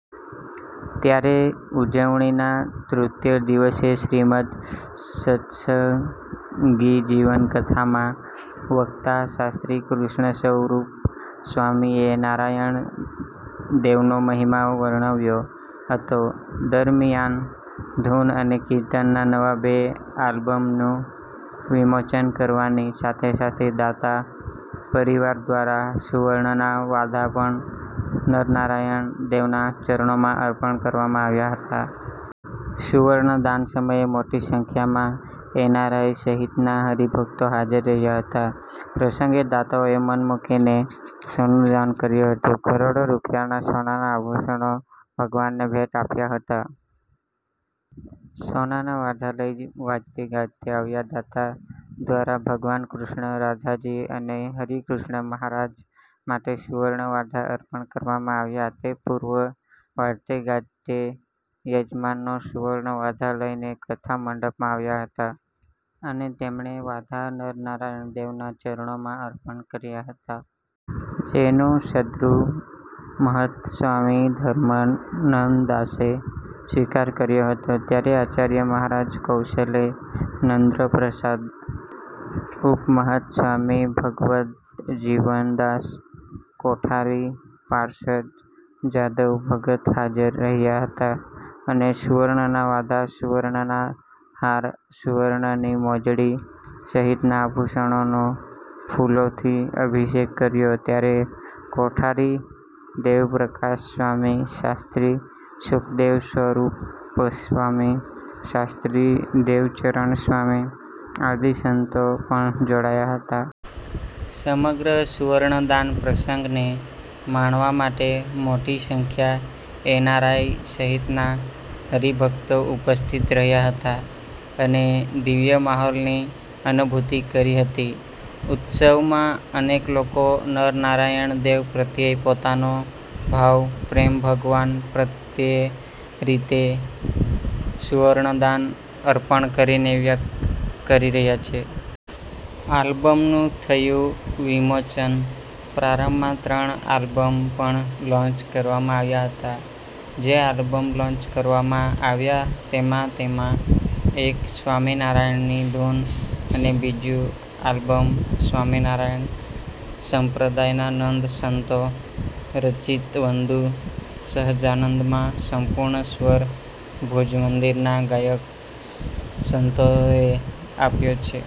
ત્યારે ઉજવણીનાં તૃતીય દિવસે શ્રીમદ્ સત્સંગીજીવન કથામાં વક્તા શાસ્ત્રી કૃષ્ણશવરૂપસ્વામીએ નારાયણ દેવનો મહિમા વર્ણવ્યો હતો. દરમિયાન ધુન અને કિર્તનનાં નવા બે આલ્બમનું વિમોચન કરવાની સાથે સાથે દાતા પરિવાર દ્વારા સુવર્ણના વાઘા પણ નરનારાયણ દેવનાં ચરણોમાં અર્પણ કરવામાં આવ્યા હતા. સુવર્ણદાન સમયે મોટી સંખ્યામાં એનઆરઆઇ સહિતના હરિભક્તો હાજર રહ્યા હતા. પ્રસંગે દાતાઓએ મન મુકીને સોનું દાન કર્યું હતું. કરોડો રૂપિયાના સોનાના આભૂષણો ભગવાનને ભેટ આપ્યા હતા. સોનાના વાઘા લઈ વાજતે ગાજતે આવ્યા દાતા દ્વારા ભગવાન કૃષ્ણ, રાધાજી અને હરિકૃષ્ણ મહારાજ માટે સુવર્ણ વાઘા અર્પણ કરવામાં આવ્યા તે પૂર્વ વાજતેગાજતે યજમાનો સુવર્ણ વાઘા લઇને કથા મંડપમાં આવ્યા હતા અને તેમણેવાઘા નરનારાયણ દેવનાં ચરણોમાં અર્પણ કર્યા હતાં. એનો સદ્દુમહંતસ્વામી ધર્માનંદદાસે સ્વીકાર કર્યો હતો. ત્યારે આચાર્ય મહારાજ કૌશલેન્દપ્રસાદ, ઉપમહંત સ્વામી ભગવદજીવન દાસ, કોઠારી પાર્ષદ જાદવ ભગત હાજર રહ્યા હતા અને સુવર્ણના વાઘા, સુવર્ણના હાર, સુવર્ણની મોજડી સહિતનાં આભૂષણોનો ફુલોથી અભિષેક કર્યો ત્યારે કોઠારી દેવપ્રકાશસ્વામી, શાસ્ત્રી સુકદેવસ્વરૂપસ્વામી, શાસ્ત્રી દેવચરણસ્વામી આદિ સંતો પણ જોડાયા હતા. સમગ્ર સુવર્ણદાન પ્રસંગને માણવા માટે મોટી સંખ્યા એનઆરઆઇ સહિતનાં હરિભક્તો ઉપસ્થિત રહ્યા હતાં અને દિવ્ય માહોલની અનુભૂતિ કરી હતી. ઉત્સવમાં અનેક લોકો નરનારાયણ દેવ પ્રત્યે પોતાનો ભાવ, પ્રેમ ભગવાન પ્રત્યેરીતે સુવર્ણદાન અર્પણ કરીને વ્યક્ત કરી રહ્યા છે. આલ્બમનું થયું વિમોચન પ્રારંભમાં ત્રણ આલ્બમ પણ લોન્ચ કરવામાં આવ્યા હતાં. જે આબ્લમ લોન્ચ કરવામાં આવ્યા તેમાં તેમાં એક સ્વામિનારાયણની ધુન અને બીજુ આલ્બમ સ્વામિનારાયણ સંપ્રદાયના નંદ સંતો રચિત વંદુ શહજાનંદમાં સંપૂર્ણ સ્વર ભુજ મંદિરનાં ગાયક સંતોએ આપ્યો છે.